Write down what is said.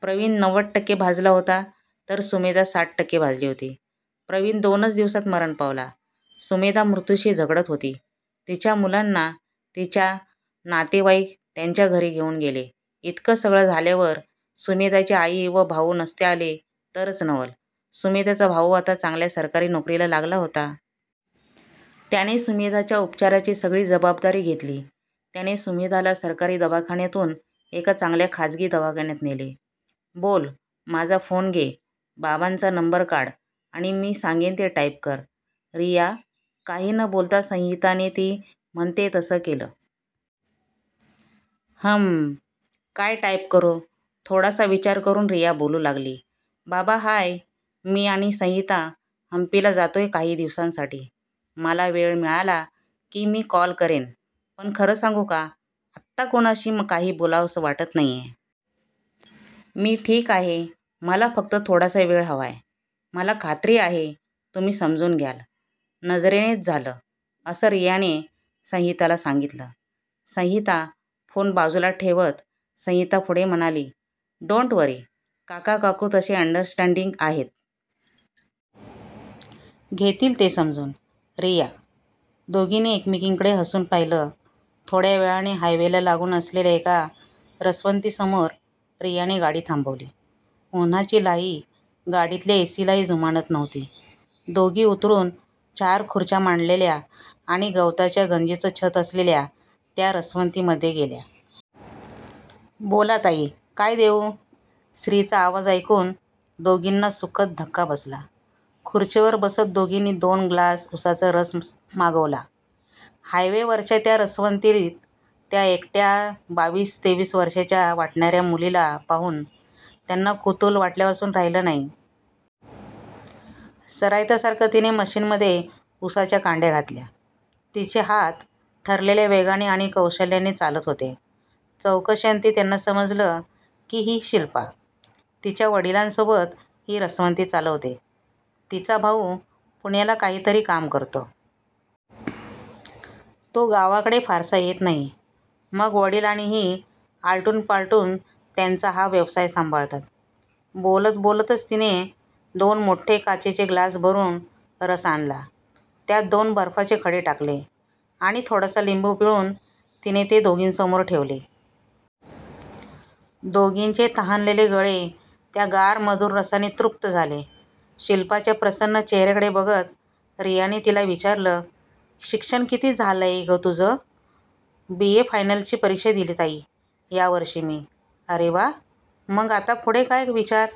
प्रवीण नव्वद टक्के भाजला होता तर सुमेधा साठ टक्के भाजली होती. प्रवीण दोनच दिवसात मरन पावला. सुमेधा मृत्यूशी झगडत होती. तीच्या मुलांना तीच्या नातेवाईक त्यांच्या घरी घेऊन गेले. इतक सगळ झाल्यावर सुमेधाची आई व भाऊ नसते आले तरच नवल सुमेधाचा भाऊ आता चांगल्या सरकारी नोकरीला लागला होता. त्याने सुमेधाच्या उपचाराची सगळी जबाबदारी घेतली. त्याने सुमेधाला सरकारी दवाखान्यातुन एका चांगल्या खाजगी दवाखान्यात नेले.. ""बोल""माझा फोन घे. बाबांचा नंबर काढ आणि मी सांगेन ते टाइप कर. " रिया. काही न बोलता संहिता ने ती म्हणतेय तसं केलं. "हम्म, काय टाइप करू.. "थोडासा विचार करून रिया बोलू लागली. "बाबा हाय.. मी आणि संहिता हम्पीला जातोय काही दिवसांसाठी. मला वेळ मिळाला की मी कॉल करेन. पण, खरं सांगू का आत्ता कोणाशी काही बोलावंस वाटत नाहीये. मी ठीक आहे. मला फक्त थोडासा वेळ हवाय. मला खात्री आहे तुम्ही समजून घ्याल. "नजरेनेच 'झालं' असं रियाने संहिताला सांगितलं. " संहिता. फोन बाजूला ठेवत संहिता पुढे म्हणाली,"डोन्ट वरी, काका-काकू तसे अंडरस्टॅंडिंग आहेत. घेतील ते समजून.. " रिया. दोघींनी एकमेकींकडे हसून पाहिलं. थोड्यावेळाने हायवे ला लागून असलेल्या एका रसवंती समोर रियाने गाडी थांबवली. उन्हाची लाही गाडीतल्या एसीलाही जुमानत नव्हती. दोघी उतरून चार खुर्च्या मांडलेल्या आणि गवताच्या गंजीचं छत असलेल्या त्या रसवंती मध्ये गेल्या. "बोला ताई काय देऊ? "स्त्री चा आवाज ऐकून दोघींना सुखद धक्का बसला. खुर्चीवर बसत दोघींनी दोन ग्लास ऊसाचा रस मागवला. हायवे वरच्या त्या रसवंतीत त्या एकट्या बावीस-तेवीस वर्षांच्या वाटणार्या मुलीला पाहून त्यांना कुतूहल वाटल्यावाचून राहिलं नाही. सराईतासारखं तिने मशीन मध्ये ऊसाच्या कांड्या घातल्या. तिचे हात ठरलेल्या वेगाने आणि कौशल्याने चालत होते. चौकशी अंती त्यांना समजलं की ही शिल्पा तिच्या वडिलांसोबत ही रसवंती चालवते. तिचा भाऊ पुण्याला काहीतरी काम करतो. तो गावाकडे फारसा येत नाही. मग वडील आणि ही आलटून पालटून त्यांचा हा व्यवसाय सांभाळतात. बोलत-बोलतच तिने दोन मोठे काचेचे ग्लास भरून रस आणला त्यात दोन बर्फाचे खडे टाकले आणि थोडासा लिंबू पिळून तिने ते दोघींसमोर ठेवले. दोघींचे तहानलेले गळे त्या गार-मधूर रसाने तृप्त झाले. शिल्पाच्या प्रसन्न चेहर्याकडे बघत रियाने तिला विचारलं,"शिक्षण किती झालंय गं तुझं? ""बीए फायनल ची परीक्षा दिली ताई यावर्षी मी. ""अरे वा.. मग आता पुढे काय विचार?